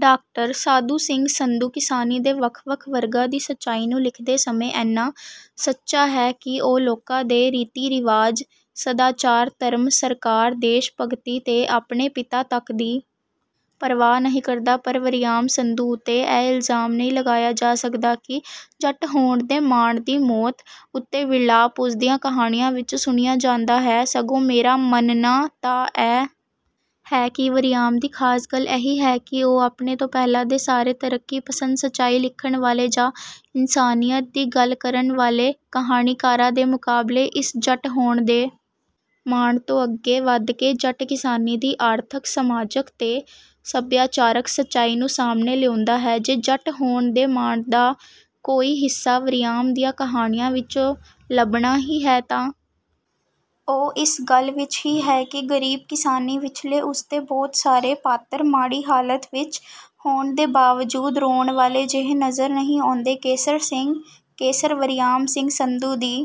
doctor Sadhu Singh Sandhu ਕਿਸਾਨੀ ਦੇ ਵੱਖ ਵੱਖ ਵਰਗਾਂ ਦੀ ਸੱਚਾਈ ਨੂੰ ਲਿਖਦੇ ਸਮੇਂ ਇੰਨਾ ਸੱਚਾ ਹੈ ਕਿ ਉਹ ਲੋਕਾਂ ਦੇ ਰੀਤੀ ਰਿਵਾਜ ਸਦਾਚਾਰ ਧਰਮ ਸਰਕਾਰ ਦੇਸ਼ ਭਗਤੀ ਤੇ ਆਪਣੇ ਪਿਤਾ ਤੱਕ ਦੀ ਪਰਵਾਹ ਨਹੀਂ ਕਰਦਾ ਪਰ ਵਰਿਆਮ ਸੰਧੂ ਉੱਤੇ ਇਹ ਇਲਜ਼ਾਮ ਨਹੀਂ ਲਗਾਇਆ ਜਾ ਸਕਦਾ ਕਿ ਜੱਟ ਹੋਣ ਦੇ ਮਾਣ ਦੀ ਮੌਤ ਉੱਤੇ ਵਿਰਲਾਪ ਉਸਦੀਆਂ ਕਹਾਣੀਆਂ ਵਿਚੋਂ ਸੁਣਿਆ ਜਾਂਦਾ ਹੈ ਸਗੋਂ ਮੇਰਾ ਮੰਨਣਾ ਤਾਂ ਇਹ ਹੈ ਕਿ ਵਰਿਆਮ ਦੀ ਖਾਸ ਗੱਲ ਇਹੀ ਹੈ ਕਿ ਉਹ ਆਪਣੇ ਤੋਂ ਪਹਿਲਾਂ ਦੇ ਸਾਰੇ ਤਰੱਕੀ ਪਸੰਦ ਸੱਚਾਈ ਲਿਖਣ ਵਾਲੇ ਜਾਂ ਇਨਸਾਨੀਅਤ ਦੀ ਗੱਲ ਕਰਨ ਵਾਲੇ ਕਹਾਣੀਕਾਰਾਂ ਦੇ ਮੁਕਾਬਲੇ ਇਸ ਜੱਟ ਹੋਣ ਦੇ ਮਾਣ ਤੋਂ ਅੱਗੇ ਵੱਧ ਕੇ ਜੱਟ ਕਿਸਾਨੀ ਦੀ ਆਰਥਕ ਸਮਾਜਕ ਤੇ ਸਭਿਆਚਾਰਕ ਸੱਚਾਈ ਨੂੰ ਸਾਹਮਣੇ ਲਿਆਉਂਦਾ ਹੈ ਜੇ ਜੱਟ ਹੋਣ ਦੇ ਮਾਣ ਦਾ ਕੋਈ ਹਿੱਸਾ ਵਰਿਆਮ ਦੀਆਂ ਕਹਾਣੀਆਂ ਵਿਚੋਂ ਲੱਭਣਾ ਹੀ ਹੈ ਤਾਂ ਉਹ ਇਸ ਗੱਲ ਵਿਚ ਹੀ ਹੈ ਕਿ ਗਰੀਬ ਕਿਸਾਨੀ ਵਿਚਲੇ ਉਸਦੇ ਬਹੁਤ ਸਾਰੇ ਪਾਤਰ ਮਾੜੀ ਹਾਲਤ ਵਿਚ ਹੋਣ ਦੇ ਬਾਵਜੂਦ ਰੋਣ ਵਾਲੇ ਜਿਹੇ ਨਜ਼ਰ ਨਹੀਂ ਆਉਂਦੇ ਕੇਸਰ ਸਿੰਘ ਕੇਸਰ ਵਰਿਆਮ ਸਿੰਘ ਸੰਧੂ ਦੀ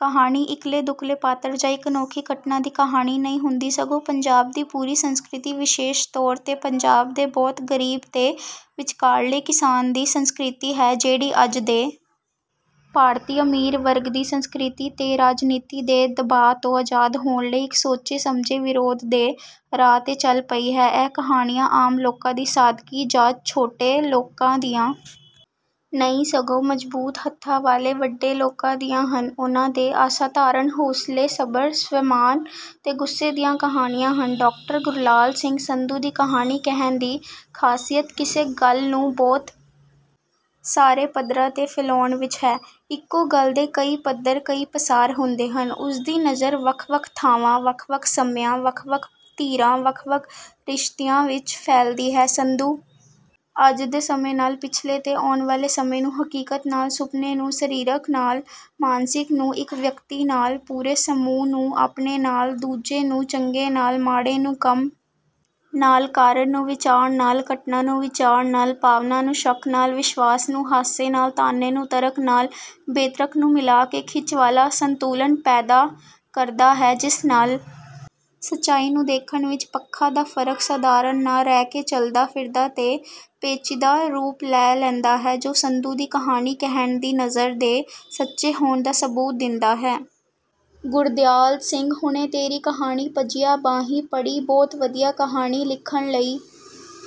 ਕਹਾਣੀ ਇਕੱਲੇ ਦੁਕੱਲੇ ਪਾਤਰ ਜਾਂ ਇਕ ਅਨੋਖੀ ਘਟਨਾ ਦੀ ਕਹਾਣੀ ਨਹੀਂ ਹੁੰਦੀ ਸਗੋਂ ਪੰਜਾਬ ਦੀ ਪੂਰੀ ਸੰਸਕ੍ਰਿਤੀ ਵਿਸ਼ੇਸ਼ ਤੌਰ ਤੇ ਪੰਜਾਬ ਦੇ ਬਹੁਤ ਗਰੀਬ ਤੇ ਵਿਚਕਾਰਲੇ ਕਿਸਾਨ ਦੀ ਸੰਸਕ੍ਰਿਤੀ ਹੈ ਜਿਹੜੀ ਅੱਜ ਦੇ ਭਾਰਤੀ ਅਮੀਰ ਵਰਗ ਦੀ ਸੰਸਕ੍ਰਿਤੀ ਤੇ ਰਾਜਨੀਤੀ ਦੇ ਦਬਾਅ ਤੋਂ ਆਜ਼ਾਦ ਹੋਣ ਲਈ ਇਕ ਸੋਚੇ ਸਮਝੇ ਵਿਰੋਧ ਦੇ ਰਾਹ ਤੇ ਚੱਲ ਪਈ ਹੈ ਇਹ ਕਹਾਣੀਆਂ ਆਮ ਲੋਕਾਂ ਦੀ ਸਾਦਗੀ ਜਾਂ ਛੋਟੇ ਲੋਕਾਂ ਦੀਆਂ ਨਹੀਂ ਸਗੋਂ ਮਜ਼ਬੂਤ ਹੱਥਾਂ ਵਾਲੇ ਵੱਡੇ ਲੋਕਾਂ ਦੀਆਂ ਹਨ ਉਨ੍ਹਾਂ ਦੇ ਅਸਾਧਾਰਣ ਹੌਸਲੇ ਸਬਰ ਸਵੈਮਾਨ ਤੇ ਗੁੱਸੇ ਦੀਆਂ ਕਹਾਣੀਆਂ ਹਨ ਡਾਕਟਰ ਗੁਰਲਾਲ ਸਿੰਘ ਸੰਧੂ ਦੀ ਕਹਾਣੀ ਕਹਿਣ ਦੀ ਖਾਸੀਅਤ ਕਿਸੇ ਗੱਲ ਨੂੰ ਬਹੁਤ ਸਾਰੇ ਪੱਧਰਾਂ ਤੇ ਫੈਲਾਉਣ ਵਿਚ ਹੈ ਇਕੋ ਗੱਲ ਦੇ ਕਈ ਪੱਧਰ ਕਈ ਪਸਾਰ ਹੁੰਦੇ ਹਨ ਉਸਦੀ ਨਜ਼ਰ ਵੱਖ ਵੱਖ ਥਾਵਾਂ ਵੱਖ ਵੱਖ ਸਮਿਆਂ ਵੱਖ ਵੱਖ ਧਿਰਾਂ ਵੱਖ ਵੱਖ ਰਿਸ਼ਤਿਆਂ ਵਿਚ ਫੈਲਦੀ ਹੈ ਸੰਧੂ ਅੱਜ ਦੇ ਸਮੇਂ ਨਾਲ ਪਿਛਲੇ ਤੇ ਆਉਣ ਵਾਲੇ ਸਮੇਂ ਨੂੰ ਹਕੀਕਤ ਨਾਲ ਸੁਪਨੇ ਨੂੰ ਸਰੀਰਕ ਨਾਲ ਮਾਨਸਿਕ ਨੂੰ ਇਕ ਵਿਅਕਤੀ ਨਾਲ ਪੂਰੇ ਸਮੂਹ ਨੂੰ ਆਪਣੇ ਨਾਲ ਦੂਜੇ ਨੂੰ ਚੰਗੇ ਨਾਲ ਮਾੜੇ ਨੂੰ ਕੰਮ ਨਾਲ ਕਾਰਨ ਨੂੰ ਵਿਚਾਰ ਨਾਲ ਘਟਨਾ ਨੂੰ ਵਿਚਾਰ ਨਾਲ ਭਾਵਨਾ ਨੂੰ ਸ਼ੱਕ ਨਾਲ ਵਿਸ਼ਵਾਸ ਨੂੰ ਹਾਸੇ ਨਾਲ ਤਾਨੇ ਨੂੰ ਤਰਕ ਨਾਲ ਬੇਤਰਕ ਨੂੰ ਮਿਲਾ ਕੇ ਖਿੱਚ ਵਾਲਾ ਸੰਤੁਲਨ ਪੈਦਾ ਕਰਦਾ ਹੈ ਜਿਸ ਨਾਲ ਸੱਚਾਈ ਨੂੰ ਦੇਖਣ ਵਿਚ ਪੱਖਾਂ ਦਾ ਫਰਕ ਸਧਾਰਨ ਨਾ ਰਹਿ ਕੇ ਚਲਦਾ ਫਿਰਦਾ ਤੇ ਪੇਚੀਦਾ ਰੂਪ ਲੈ ਲੈਂਦਾ ਹੈ ਜੋ ਸੰਧੂ ਦੀ ਕਹਾਣੀ ਕਹਿਣ ਦੀ ਨਜ਼ਰ ਦੇ ਸੱਚੇ ਹੋਣ ਦਾ ਸਬੂਤ ਦਿੰਦਾ ਹੈ ਗੁਰਦਿਆਲ ਸਿੰਘ ਹੁਣੇ ਤੇਰੀ ਕਹਾਣੀ ਭੱਜੀਆਂ ਬਾਹੀਂ ਪੜ੍ਹੀ ਬਹੁਤ ਵਧੀਆ ਕਹਾਣੀ ਲਿਖਣ ਲਈ